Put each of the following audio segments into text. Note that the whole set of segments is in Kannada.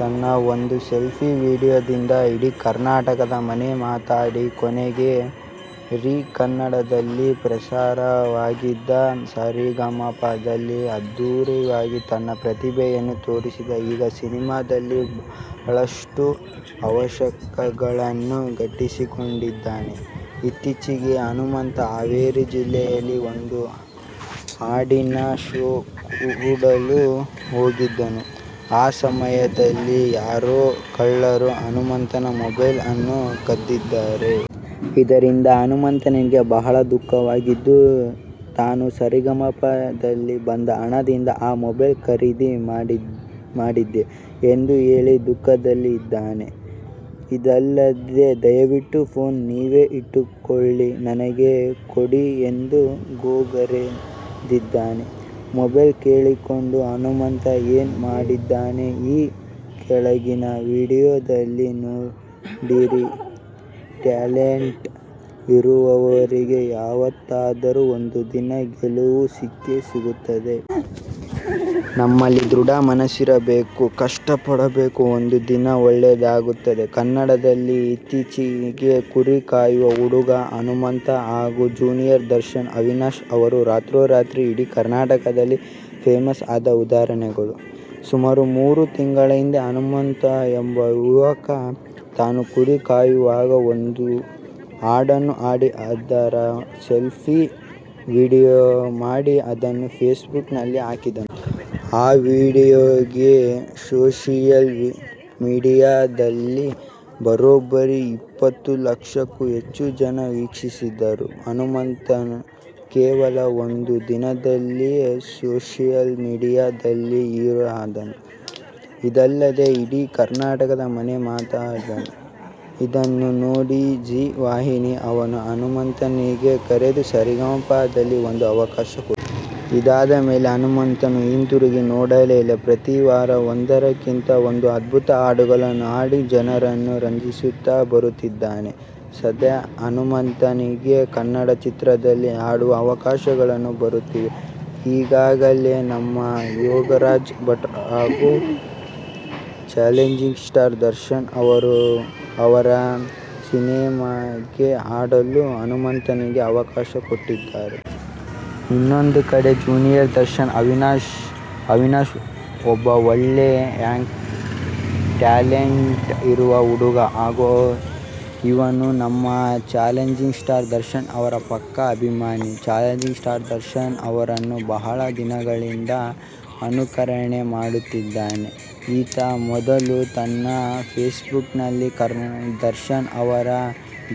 ತನ್ನ ಒಂದು ಸೆಲ್ಫಿ ವಿಡಿಯೋ ದಿಂದ ಇಡೀ ಕರ್ನಾಟಕದ ಮನೆ ಮಾತಾಗಿ ಕೊನೆಗೆ ಝೀ ಕನ್ನಡದಲ್ಲಿ ಪ್ರಸಾರವಾಗಿದ್ದ ಸ ರೇ ಗ ಮ ಪ ದಲ್ಲಿ ಅದ್ಭುತ ವಾಗಿ ತನ್ನ ಪ್ರತಿಭೆಯನ್ನು ತೋರಿಸಿ ಈಗ ಸಿನಿಮಾ ದಲ್ಲಿ ಬಹಳಷ್ಟು ಅವಕಾಶ ಗಳನ್ನೂ ಗಿಟ್ಟಿಸಿಕೊಂಡಿದ್ದಾನೆ. ಇತ್ತೀಚಿಗೆ ಹನುಮಂತ ಹಾವೇರಿ ಜಿಲ್ಲೆಯಲ್ಲಿ ಒಂದು ಹಾಡಿನ ಷೋ ಕೊಡಲು ಹೋಗಿದ್ದನು, ಈ ಸಮಯದಲ್ಲಿ ಯಾರೋ ಕಳ್ಳರು ಹನುಮಂತನ ಮೊಬೈಲ್ ಅನ್ನು ಕದ್ದಿದ್ದಾರೆ. ಇದ್ದರಿಂದ ಹನುಮಂತನಿಗೆ ಬಹಳ ದುಃಖವಾಗಿದ್ದು, ತಾನು ಸ ರೇ ಗ ಮ ಪ ದಲ್ಲಿ ಬಂದ ಹಣದಿಂದ ಆ ಮೊಬೈಲ್ ಖರೀದಿ ಮಾಡಿದ್ದೆ ಎಂದು ಹೇಳಿ ದುಃಖದಲ್ಲಿ ಇದ್ದಾನೆ. ಇದಲ್ಲದೆ ದಯವಿಟ್ಟು ಫೋನ್ ನೀವೇ ಇಟ್ಟುಕೊಳ್ಳಿ ನನಗೆ ಕೊಡಿ ಎಂದು ಗೋಗರಿದಿದ್ದಾನೆ. ಮೊಬೈಲ್ ಕಳೆದುಕೊಂಡು ಹನುಮಂತ ಏನ್ ಹೇಳಿದ್ದಾನೆ ಈ ಕೆಳಗಿನ ವಿಡಿಯೋದಲ್ಲಿ ನೋಡಿರಿ ಟ್ಯಾಲೆಂಟ್ ಇರುವವರಿಗೆ ಯಾವತ್ತಾದರೂ ಒಂದು ದಿನ ಗೆಲುವು ಸಿಕ್ಕೇ ಸಿಗುತ್ತದೆ. ನಿಮ್ಮಲ್ಲಿ ದೃಢ ಮನಸ್ಸಿರಬೇಕು, ಕಷ್ಟ ಪಡಬೇಕು. ಒಂದು ದಿನ ಒಳ್ಳೇದ್ ಆಗುತ್ತದೆ. ಕನ್ನಡದಲ್ಲಿ ಇತ್ತೀಚಿಗೆ ಕುರಿ ಕಾಯುವ ಹುಡುಗ ಹನುಮಂತ ಹಾಗು ಜೂನಿಯರ್ ದರ್ಶನ್ ಅವಿನಾಶ್ ಅವರು ರಾತ್ರೋ ರಾತ್ರಿ ಇಡೀ ಕರ್ನಾಟಕದಲ್ಲಿ ಫೇಮಸ್ ಆದ ಉದಾಹರಣೆಗಳು. ಸುಮಾರು ಮೂರು ತಿಂಗಳ ಹಿಂದೆ ಹನುಮಂತ ಎಂಬ ಯುವಕ ತಾನು ಕುರಿ ಕಾಯುವಾಗ ಒಂದು ಹಾಡನ್ನು ಹಾಡಿ ಅದರ ಸೆಲ್ಫಿ ವಿಡಿಯೋ ಮಾಡಿ ಅದನ್ನು ಫೇಸ್ಬುಕ್ ನಲಿ ಹಾಕಿದ್ದನು. ಈ ವಿಡಿಯೋಗೆ ಸೋಶಿಯಲ್ ಮೀಡಿಯಾದಲ್ಲಿ ಬರೋಬ್ಬರಿ ಇಪ್ಪತ್ತು ಲಕ್ಷಕ್ಕೂ ಹೆಚ್ಚು ಜನ ವೀಕ್ಷಿಸಿದ್ದರು. ಹನುಮಂತ ಕೇವಲ ಒಂದು ದಿನದಲ್ಲಿ ಸೋಶಿಯಲ್ ಮೀಡಿಯಾ ದಲ್ಲಿ ಹೀರೋ ಆಗಿದ್ದನು. ಇದಲ್ಲದೆ ಇಡೀ ಕರ್ನಾಟಕದ ಮನೆ ಮಾತಾದನು. ಇದನ್ನು ನೋಡಿ ಜಿ ವಾಹಿನಿ ಅವರು ಹನುಮಂತನಿಗೆ ಕರೆದು ಸ ರೇ ಗ ಮ ಪ ದಲ್ಲಿ ಒಂದು ಅವಕಾಶ ಕೊಟ್ಟರು. ಇದಾದ ಮೇಲೆ ಹನುಮಂತನು ಹಿಂದುರುಗಿ ನೋಡಲೇ ಇಲ್ಲ. ಪ್ರತೀ ವಾರ ಒಂದರಕ್ಕಿಂತ ಒಂದು ಅದ್ಭುತ ಹಾಡುಗಳನ್ನು ಹಾಡಿ ಜನರನ್ನು ರಂಜಿಸುತ್ತಾ ಬರುತ್ತಿದ್ದಾನೆ. ಸದ್ಯ ಹನುಮಂತ ನಿಗೆ ಕನ್ನಡ ಚಿತ್ರಗಳಲ್ಲಿ ಹಾಡಲು ಅವಕಾಶಗಳು ಬರುತ್ತಿವೆ. ಈಗಾಗಲೇ ನಮ್ಮ ಯೋಗರಾಜ್ ಭಟ್ಟರು ಹಾಗು ಚಾಲೆಂಜಿಂಗ್ ಸ್ಟಾರ್ ದರ್ಶನ್ ಅವರು ಅವರ ಸಿನೆಮಾಗೆ ಹಾಡಲು ಹನುಮಂತನಿಗೆ ಅವಕಾಶ ಕೊಟ್ಟಿದ್ದಾರೆ. ಇನ್ನೊಂದೆಡೆ ಜೂನಿಯರ್ ದರ್ಶನ್ ಅವಿನಾಶ್! ಅವಿನಾಶ್ ಒಬ್ಬ ಒಳ್ಳೆ ಟ್ಯಾಲೆಂಟ್ ಇರುವ ಹುಡುಗ ಹಾಗು ಇವನು ನಮ್ಮ ಚಾಲೆಂಜಿಂಗ್ ಸ್ಟಾರ್ ದರ್ಶನ್ ಅವರ ಪಕ್ಕಾ ಅಭಿಮಾನಿ. ಚಾಲೆಂಜಿಂಗ್ ಸ್ಟಾರ್ ದರ್ಶನ್ ಅವರನ್ನು ಬಹಳ ದಿನಗಳಿಂದ ಅನುಕರಣೆ ಮಾಡುತ್ತಿದ್ದಾನೆ. ಈತ ಮೊದಲು ತನ್ನ ಫೇಸ್ಬುಕ್ ನಲ್ಲಿ, ದರ್ಶನ್ ಅವರ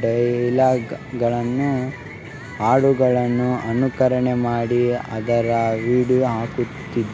ಡೈಲಾಗ್ ಗಳನ್ನೂ, ಹಾಡುಗಳನ್ನು ಅನುಕರಣೆ ಮಾಡಿ ಅದರ ವಿಡಿಯೋ ಹಾಕುತ್ತಿದ್ದನು.